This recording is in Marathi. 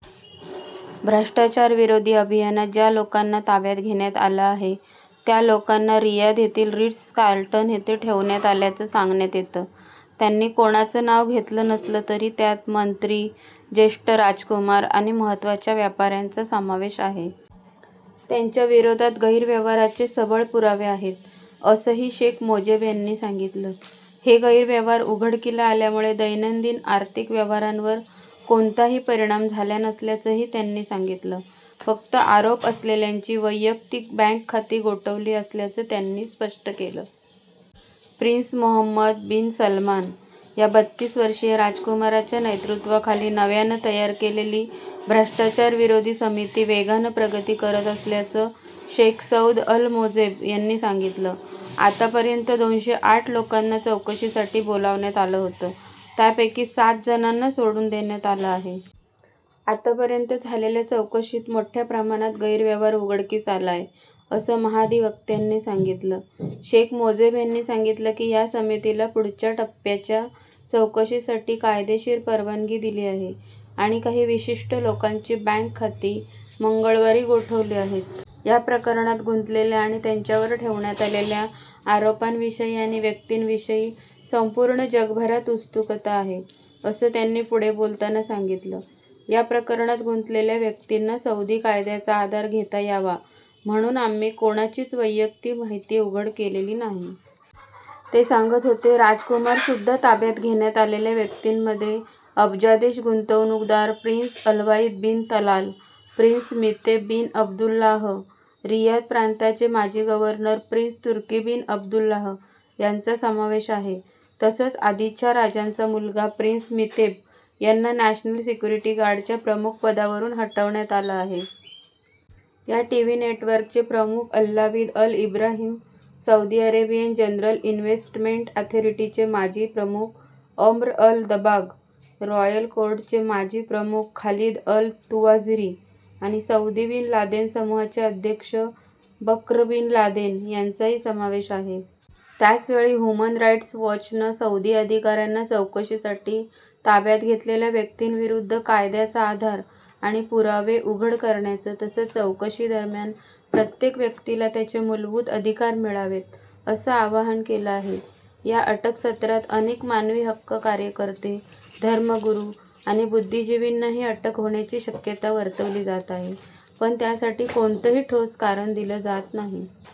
भ्रष्टाचारविरोधी अभियानात ज्या लोकांना ताब्यात घेण्यात आलं आहे त्या लोकांना रियाध येथील रिट्स कार्लटन येथे ठेवण्यात आल्याचं सांगण्यात येतं. त्यांनी कोणाचं नाव घेतलं नसलं तरी त्यात मंत्री, ज्येष्ठ राजकुमार आणि महत्त्वाच्या व्यापाऱ्यांचा समावेश आहे. त्यांच्याविरोधात गैरव्यवहारांचे सबळ पुरावे आहेत असंही शेख मोजेब यांनी सांगितलं. हे गैरव्यवहार उघडकीला आल्यामुळे दैनंदिन आर्थिक व्यवहारांवर कोणताही परिणाम झाला नसल्याचंही त्यांनी सांगितलं. फक्त आरोप असलेल्यांची वैयक्तिक बँक खाती गोठवली असल्याचं त्यांनी स्पष्ट केलं. प्रिन्स मोहम्मद बिन सलमान या बत्तीस वर्षीय राजकुमाराच्या नेतृत्वाखाली नव्यानं तयार केलेली भ्रष्टाचार विरोधी समिती वेगानं प्रगती करत असल्याचं शेख सौद अल मोजेब यांनी सांगितलं. आतापर्यंत दोनशे आठ लोकांना चौकशीसाठी बोलावण्यात आलं होतं त्यापैकी सात जणांना सोडून देण्यात आलं आहे. आतापर्यंत झालेल्या चौकशीत मोठ्या प्रमाणात गैरव्यवहार उघडकीस आला आहे. असं महाधिवक्त्यांनी सांगितलं. शेख मोजेब यांनी सांगितलं की, या समितीला पुढच्या टप्प्याच्या चौकशीसाठी कायदेशीर परवानगी दिली आहे. आणि काही विशिष्ट लोकांची बँक खाती मंगळवारी गोठवली आहेत. या प्रकरणात गुंतलेल्या आणि त्यांच्यावर ठेवण्यात आलेल्या आरोपांविषयी आणि व्यक्तींविषयी संपूर्ण जगभरात उत्सुकता आहे. असं त्यांनी पुढे बोलताना सांगितलं. या प्रकरणात गुंतलेल्या व्यक्तींना सौदी कायदाच्या आधार घेता यावा म्हणून आम्ही कोणाचीच वैयक्तिक माहिती उघड केलेली नाही. ते सांगत होते. राजकुमार सुद्धा ताब्यात घेण्यात आलेल्या व्यक्तींमध्ये अब्जाधीश गुंतवणूकदार prince Alwaleed bin Talal, prince Miteb bin Abdullah, Riyadh प्रांताचे माजी governor prince Turki bin Abdullah यांचा समावेश आहे. तसंच आधीच्या राजांचा मुलगा प्रिन्स मितेब यांना नॅशनल सिक्युरिटी गार्डच्या प्रमुखपदावरून हटवण्यात आलं आहे. या टीव्ही नेटवर्कचे प्रमुख Alwaleed al Ibrahim, Saudi Arabian general investment ॲथॉरिटीचे माजी प्रमुख अम्र अल दबाग, रॉयल कोर्टचे माजी प्रमुख खलिद अल तुवाजिरी आणि सौदी बिन लादेन समुहाचे अध्यक्ष बक्र बिन लादेन यांचाही समावेश आहे. याचवेळी ह्युमन राईट्स वॉचनं सौदी अधिकाऱ्यांना चौकशीसाठी ताब्यात घेतलेल्या प्रत्येक व्यक्तींविरुद्ध कायद्याचा आधार आणि पुरावे उघड करण्याचं तसंच चौकशी दरम्यान प्रत्येक व्यक्तीला त्याचे मुलभूत अधिकार मिळावेत असं आवाहन केलं आहे. या अटक सत्रात अनेक मानवी हक्क कार्यकर्ते, धर्मगुरू आणि बुद्धिजिवींनाही अटक होण्याची शक्यता वर्तवली जात आहे. पण, त्यासाठी कोणतंही ठोस कारण दिलं जात नाही आहे.